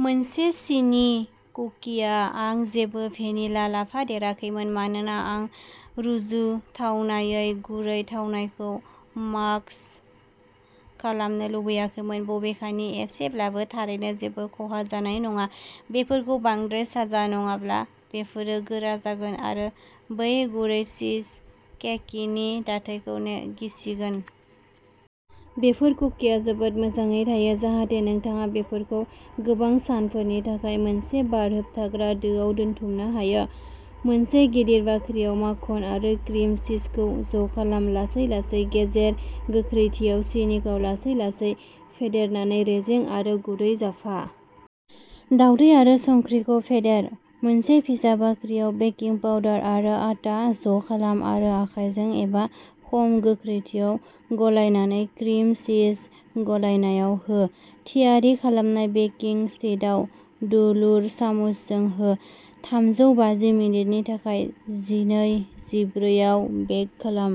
मोनसे सिनि कुकिआ। आं जेबो भेनिला लाफादेराखैमोन मानोना आं रुजुथावनायै गुरै थावनायखौ मास्क खालामनो लुबैयाखैमोन। बबेखानि एसेब्लाबो थारैनो जेबो खहा जानाय नङा। बेफोरखौ बांद्राय साजा नङाब्ला बेफोरो गोरा जागोन आरो बै गुरै चीजकेकिनि दाथायखौ गिसिगोन। बेफोर कुकिआ जोबोद मोजाङै थायो। जाहाथे नोंथाङा बेफोरखौ गोबां सानफोरनि थाखाय मोनसे बार होबथाग्रा दोआव दोनथुमनो हायो। मोनसे गिदिर बाख्रियाव माखन आरो क्रिम चीजखौ ज'खालाम। लासै-लासै गेजेर गोख्रैथियाव सिनिखौ लासै-लासै फेदेरनानै रेजें आरो गुरै जाफा। दावदै आरो संख्रिखौ फेदेर। मोनसे फिसा बाख्रियाव बेकिं पाउडार आरो आटा ज'खालाम आरो आखायजों एबा खम गोख्रैथियाव गलायनानै क्रिम चीज गलायनायाव हो। थियारि खालामनाय बेकिं शीटआव दुलुर सामुसजों हो। थामजौ बाजि मिनिटनि थाखाय जिनै-जिब्रै आव बेक खालाम।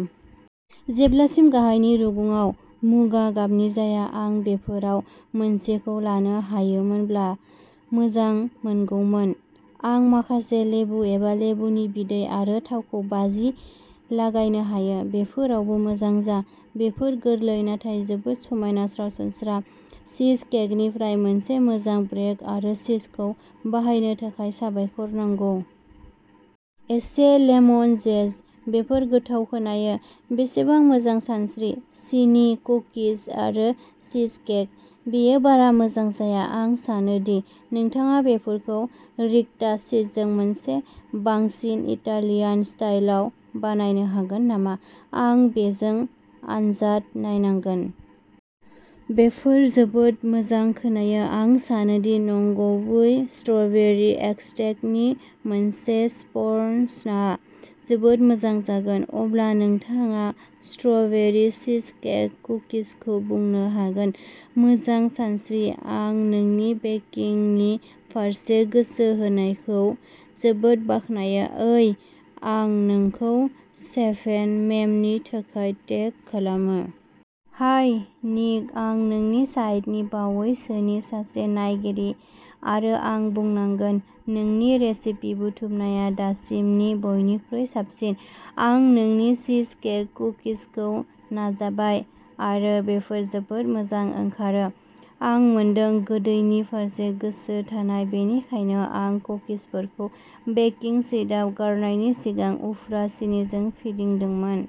जेब्लासिम गाहायनि रुगुङा मुगा गाबनि जाया। आं बेफोराव मोनसेखौ लानो हायोमोनब्ला मोजांमोनगौमोन। आं माखासे लेबु एबा लेबुनि बिदै आरो थावखौ बाजि लागायनो हायो। बेफोरावबो मोजां जा। बेफोर गोरलै नाथाय जोबोद समायना सरासनस्रा चीजकेकनिफ्राय मोनसे मोजां ब्रेक आरो चीजखौ बाहायनो थाखाय साबायखर नंगौ। एसे लेमन जेस्ट। बेफोर गोथाव खोनायो। बेसेबां मोजां सानस्रि सिनि कुकिज आरो चीजकेक बेयो बारा मोजां जाया। आं सानो दि नोंथाङा बेफोरखौ रिक'टा चीजजों मोनसे बांसिन इटालियान स्टाइलआव बानायनो हागोन नामा। आं बेजों आनजाद नायनांगोन। बेफोर जोबोद मोजां खोनायो। आं सानोदि नंगुबै स्ट्र'बेरि एक्सट्रैक्टनि मोनसे स्पर्शनआ जोबोद मोजां जागोन। अब्ला नोंथाङा स्ट्र'बेरि चीजकेक कुकिजखौ बुंनो हागोन। मोजां सानस्रि आं नोंनि बेकिंगनि फारसे गोसो होनायखौ जोबोद बाख्नायो। ओइ आं नोंखौ सेभेन मेमनि थाखाय टेग खालामो! हाय निक आं नोंनि साइटनि बावैसोनि सासे नायगिरि आरो आं बुंनांगोन। नोंनि रेसिपि बुथुमनाया दासिमनि बयनिख्रुइ साबसिन। आं नोंनि चीजकेक कुकिजखौ नाजाबाय आरो बेफोर जोबोद मोजां ओंखारो। आं मोनदों। गोदैनि फारसे गोसो थानाय बेनिखायनो आं कुकिफोरखौ बेकिं शीटआव गारनायनि सिगां उफ्रा सिनिजों फिदिंदोंमोन।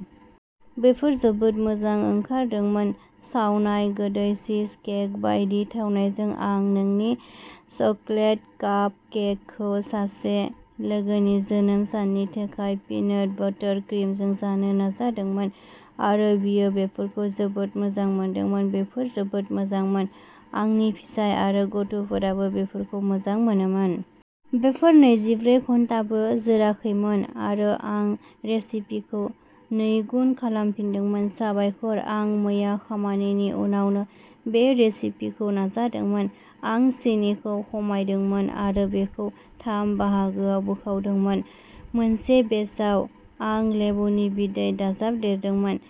बेफोर जोबोद मोजां ओंखारदोंमोन। सावनाय गोदै चीजकेक बायदि थावनायजों। आं नोंनि चकलेट कापकेकखौ सासे लोगोनि जोनोम साननि थाखाय पिनट बाटार क्रिमजों जानो नाजादोंमोन आरो बियो बेफोरखौ जोबोद मोजां मोनदोंमोन। बेफोर जोबोद मोजांमोन। आंनि फिसाय आरो गथ'फोराबो बेफोरखौ मोजां मोनोमोन। बेफोर नैजिब्रै घन्टाबो जोराखैमोन आरो आं रेसिपिखौ नैगुन खालामफिनदोंमोन। साबायखर। आं मैया खामानिनि उनावनो बे रेसिपिखौ नाजादोंमोन। आं सिनिखौ खमायदोंमोन आरो बेखौ थाम बाहागोआव बोखावदोंमोन। मोनसे बेचआव आं लेबुनि बिदै दाजाबदेरदोंमोन।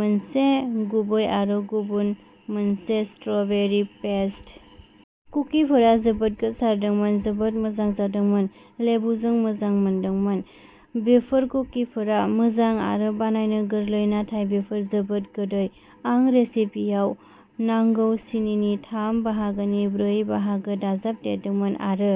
मोनसे गुबै आरो गुबुन मोनसे स्ट्रबेरी पेस्ट। कुकिफोरा जोबोद गोसारदोंमोन। जोबोद मोजां जादोंमोन। लेबुजों मोजां मोनदोंमोन। बेफोर कुकिफोरा मोजां आरो बानायनो गोरलै नाथाय बेफोर जोबोद गोदै। आं रेसिपिआव नांगौ सिनिनि थाम बाहागोनि ब्रै बाहागो दाजाबदेरदोंमोन आरो